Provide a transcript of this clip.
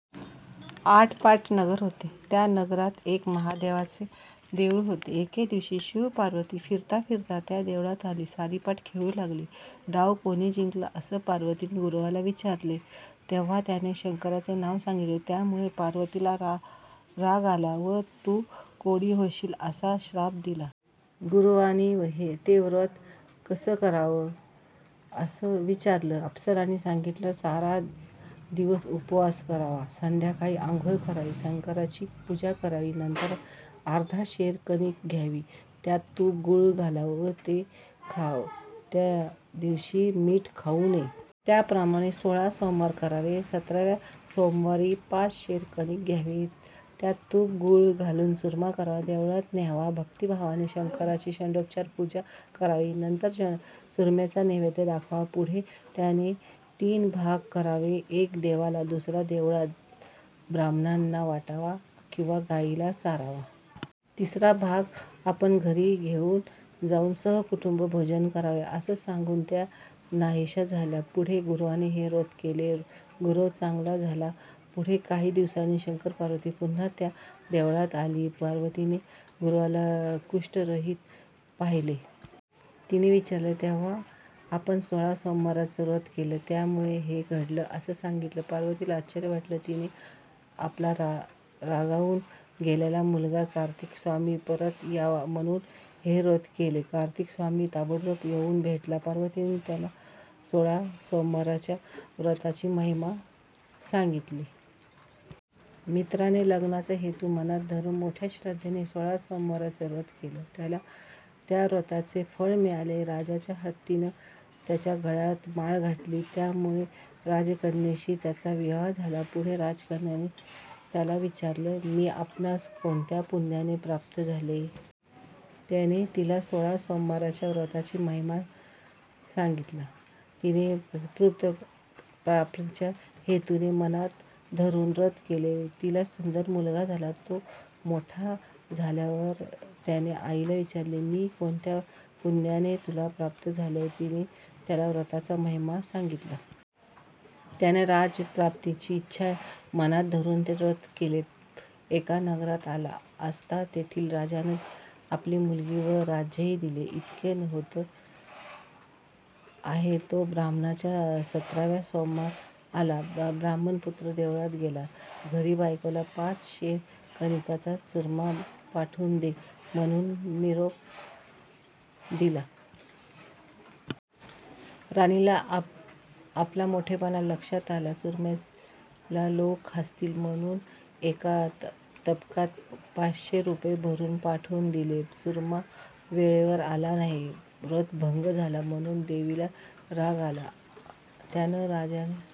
आटपाट नगर होतं. त्या नगरात एक महादेवाचं देऊळ होतं. एके दिवशी शिव-पार्वती फिरता-फिरता त्या देवळात आली. सारीपाट खेळू लागली. डाव कोणी जिंकला असं पार्वतीनं गुरवाला विचारलं, तेव्हा त्यानं शंकराचं नाव सांगितलं. त्यामुळे पार्वतीला राग आला व तू कोडी होशील, असा शाप दिला. गुरवानी ते व्रत कसं करावं. असं विचारलं. अप्सरांनी सांगितलं, सारा दिवस उपवास करावा. संध्याकाळी आंघोळ करावी. शंकराची पूजा करावी. नंतर अर्धा शेर कणीक घ्यावी, त्यात तूप-गूळ घालावं व ते खावं. त्या दिवशी मीठ खाऊ नये. त्याप्रमाणे सोळा सोमवार करावे. सतराव्या सोमवारी पाच शेर कणीक घ्यावी. त्यात तूप गूळ घालून चुर्मा करावा. देवळात न्यावा. भक्तिभावानं शंकरांची षोडशोपचारे पूजा करावी. नंतर चुर्म्याचा नैवेद्य दाखवावा. पुढं त्याचे तीन भाग करावे. एक देवाला, दुसरा देवळात ब्राह्मणांना वाटावा किंवा गायीला चारावा. तिसरा भाग आपण घरी घेऊन जाऊन सहकुटुंब भोजन करावं. असं सांगून त्या नाहीशा झाल्या. पुढं गुरवानं हे व्रत केलं. गुरव चांगला झाला. पुढं काही दिवसांनी शंकर-पार्वती पुन्हा त्या देवळात आली. पार्वतीनं गुरवाला कुष्ठरहित पाहिलं. तिनं विचारलं तेव्हा आपण सोळा सोमवाराचं व्रत केलं; त्यामुळे हे घडलं. असं सांगितलं. पार्वतीला आश्चर्य वाटलं. तिनं आपला रागावून गेलेला मुलगा कार्तिकस्वामी परत यावा, म्हणून हे व्रत केलं. कार्तिकस्वामी ताबडतोब येऊन भेटला. पार्वतीनं त्याला सोळा सोमवारच्या व्रताचा महिमा सांगितला. मित्रानं लग्नाचा हेतू मनात धरून मोठ्या श्रद्धेनं सोळा सोमवारचं व्रत केलं. त्याला त्या व्रताचं फळ मिळालं. राजाच्या हत्तीनं त्याच्या गळ्यात माळ घातली. त्यामुळे राजकन्येशी त्याचा विवाह झाला. पुढं राजकन्येने त्याला विचारलं, मी आपणास कोणत्या पुण्यानं प्राप्त झाले? त्याने तिला सोळा सोमवारच्या व्रताचा महिमा सांगितला. तिनं पुत्रप्राप्तीचा हेतू मनात धरून व्रत केलं. तिला सुंदर मुलगा झाला. तो मोठा झाल्यावर त्यानं आईला विचारलं, मी कोणत्या पुण्यान तुला प्राप्त झालो? तिनं त्याला व्रताचा महिमा सांगितला. त्यानं राज्यप्राप्तीची इच्छा मनात धरून ते व्रत कल. एका नगरात आला असता तेथील राजानं आपली मुलगी व राज्यही दिलं. इतकं होत आहे, तो ब्राह्मणाचा सतरावा सोमवार आला. ब्राह्मणपुत्र देवळात गेला. घरी बायकोला पाच शेर कणकीचा चुर्मा पाठवून दे, म्हणून निरोप दिला. राणीला आपला मोठेपणा लक्षात आला. चुर्म्याला लोक हसतील, म्हणून एका तबकात पाचशे रुपये भरून पाठवून दिले. चुर्मा वेळेवर आला नाही, व्रतभंग झाला; म्हणून देवीला राग आला. त्यानं राजाला